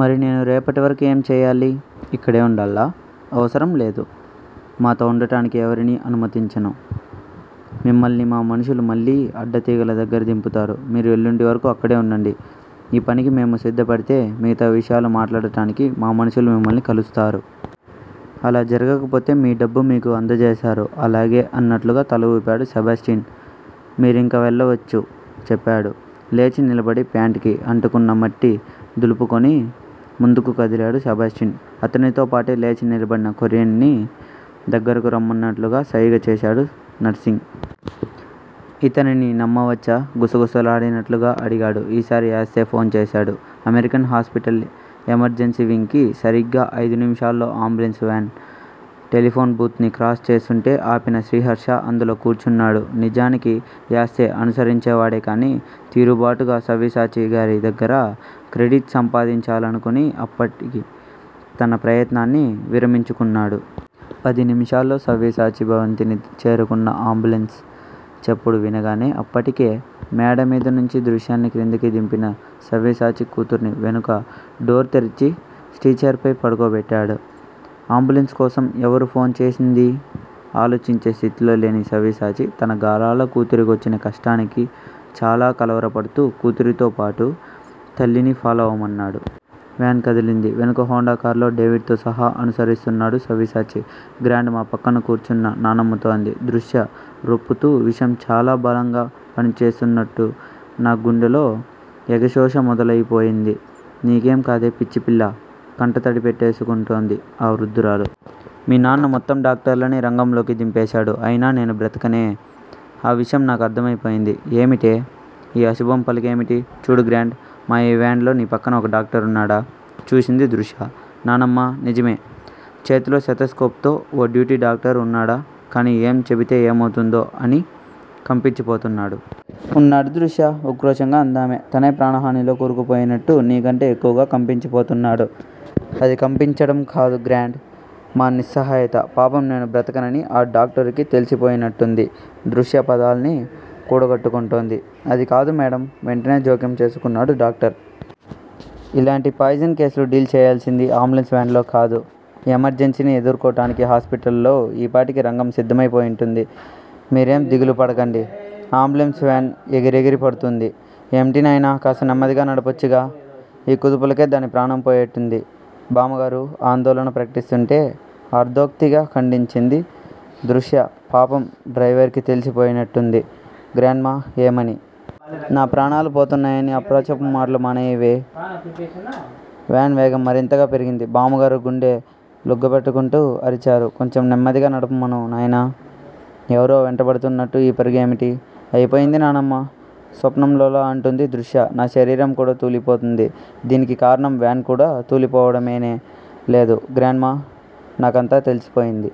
మరి నేను రేపటివరకు ఏం చెయ్యాలి? ఇక్కడే వుండాలా? అవసరం లేదు. మాతో వుండటానికి ఎవరినీ అనుమతించను. మిమ్మల్ని మా మనుషులు మళ్ళీ అడ్డతీగల దగ్గర దింపుతారు. మీరు ఎల్లుండి వరకు అక్కడే వుండండి. ఈ పనికి మేము సిద్ధపడితే మిగతా విషయాలు మాట్లాడటానికి మా మనుషులు మిమ్మల్ని కలుస్తారు. అలా జరగకపోతే మీ డబ్బు మీకు అందజేస్తారు. అలాగే అన్నట్లుగా తల వూపాడు సెబాస్టియన్. మీరింక వెళ్ళావచ్చు చెప్పాడు. లేచి నిలబడి ప్యాంట్ కి అంటుకున్న మట్టి దులుపుకొని ముందుకు కదిలాడు సెబాస్టియన్. అతనితో పాటే లేచి నిలబడిన కొరియన్ ని దగ్గరకు రమ్మన్నట్లుగా సైగ చేశాడు నర్సింగ్. ఇతనిని నమ్మవచ్చా? గుసగుసలాడినట్లుగా అడిగాడు. ఈసారి యస్సై ఫోన్ చేశాడు అమెరికన్ హాస్పటల్ ఎమర్జన్సీ వింగ్ కి. సరిగ్గా అయిదు నిమిషాలలో అంబులెన్స్ వేన్ టెలిఫోన్ బూత్ ని క్రాస్ చేస్తుంటే ఆపిన శ్రీహర్ష అందులో కూర్చున్నాడు నిజానికి యస్సై అనుసరించేవాడే కాని తీరుబాటుగా సవ్యసాచి గారి దగ్గర క్రెడిట్ సంపాదించాలనుకుని అప్పటి తన ప్రయత్నాన్ని విరమించుకున్నాడు. పది నిముషాలలో సవ్యసాచి భవంతిని చేరుకున్న అంబులెన్స్ చప్పుడు వినగానే అప్పటికే మేడమీదనుంచి దృశ్యని క్రిందికి దింపిన సవ్యసాచి కూతుర్ని వెనుక డోర్ తెరిచి స్ట్రెచర్ పై పడుకోబెట్టాడు. అంబులెన్స్ కోసం ఎవరు ఫోన్ చేసిందీ ఆలోచించే స్థితిలో లేని సవ్యసాచి తన గారాల కూతురికొచ్చిన కష్టానికి చాలా కలవరపడుతూ కూతురితోబాటు తల్లిని ఫాలో అవమన్నాడు. వేన్ కదలింది. వెనుక హోండా కారులో డేవిడ్ తో సహా అనుసరిస్తున్నాడు సవ్యసాచి. గ్రాండ్ మా పక్కన కూర్చున్న నానమ్మతో అంది దృశ్య రొప్పుతూ విషం చాలా బలంగా పనిచేస్తున్నట్టు నా గుండెలో ఎగశోష మొదలయిపోయింది. నీకేం కాదే పిచ్చిపిల్లా కంట తడిపెట్టేసుకుంటోంది ఆ వృద్ధురాలు. మీ నాన్న మొత్తం డాక్టర్లని రంగంలోకి దింపేస్తాడు అయినా నేను బ్రతకనే. ఆ విషయం నాకు అర్థమైపోయింది ఏమిటే. ఈ అశుభం పలుకులేమిటి? చూడు గ్రాండ్ మా ఈ వేన్ లో నీ పక్కన ఓ డాక్టరున్నాడా. చూసింది దృశ్య నానమ్మ నిజమే. చేతిలో స్టెతస్కోప్ తో ఓ డ్యూటీ డాక్టరు వున్నాడు కాని ఏం చెబితే ఏమవుతుందో అని కంపించిపోతున్నాడు. ఉన్నాడు దృశ్యా ఉక్రోషంగా అందామె. తనే ప్రాణహానిలో కూరుకుపోయినట్టు నీ కంటే యెక్కువగా కంపించిపోతున్నాడు. అది కంపించడం కాదు గ్రాండ్ మా నిస్సహాయత పాపం నేను బ్రతకనని ఆ డాక్టరుకీ తెలిసిపోయినట్టుంది. దృశ్య పదాల్ని కూడగట్టుకుంటోంది. అది కాదు మేడమ్ వెంటనే జోక్యం చేసుకున్నాడు డాక్టర్. ఇలాంటి పాయిజన్ కేసులు డీల్ చెయ్యాల్సింది అంబులెన్స్ వేన్ లో కాదు. ఎమర్జన్సీని ఎదుర్కోటానికి హాస్పటల్ లో ఈపాటికి రంగం సిద్ధమై పోయుంటుంది. మీరేం దిగులు పడకండి. అంబులెన్స్ వేన్ ఎగిరెగిరి పడుతూంది. ఏమిటి నాయనా కాస్త నెమ్మదిగా నడపొచ్చుగా. ఈ కుదుపులకే దాని ప్రాణం పోయేట్టుంది బామ్మగారు ఆందోళన ప్రకటిస్తుంటే అర్ధోక్తిగా ఖండించింది దృశ్య పాపం డ్రయివర్ కీ తెలిసిపోయినట్టుంది గ్రాండ్ మా ఏమని. నా ప్రాణాలు పోతున్నాయని. అప్రాచ్యపు మాటలు మానేయవే. వేన్ వేగం మరింతగా పెరిగింది. బామ్మగారు గుండె లుగ్గబట్టుకుంటూ అరిచారు కొంచెం నెమ్మదిగా నడపమను నాయనా ఎవరో వెంటాడుతున్నట్టు ఈ పరుగేమిటి. అయిపోయింది నానమ్మా స్వప్నంలోలా అంటూంది దృశ్య నా శరీరం కూడా తూలిపోతూంది. దీనికి కారణం వేన్ కూడా తూలిపోవడమేనే లేదు గ్రాండ్ మా నాకంతా తెలిసిపోయింది.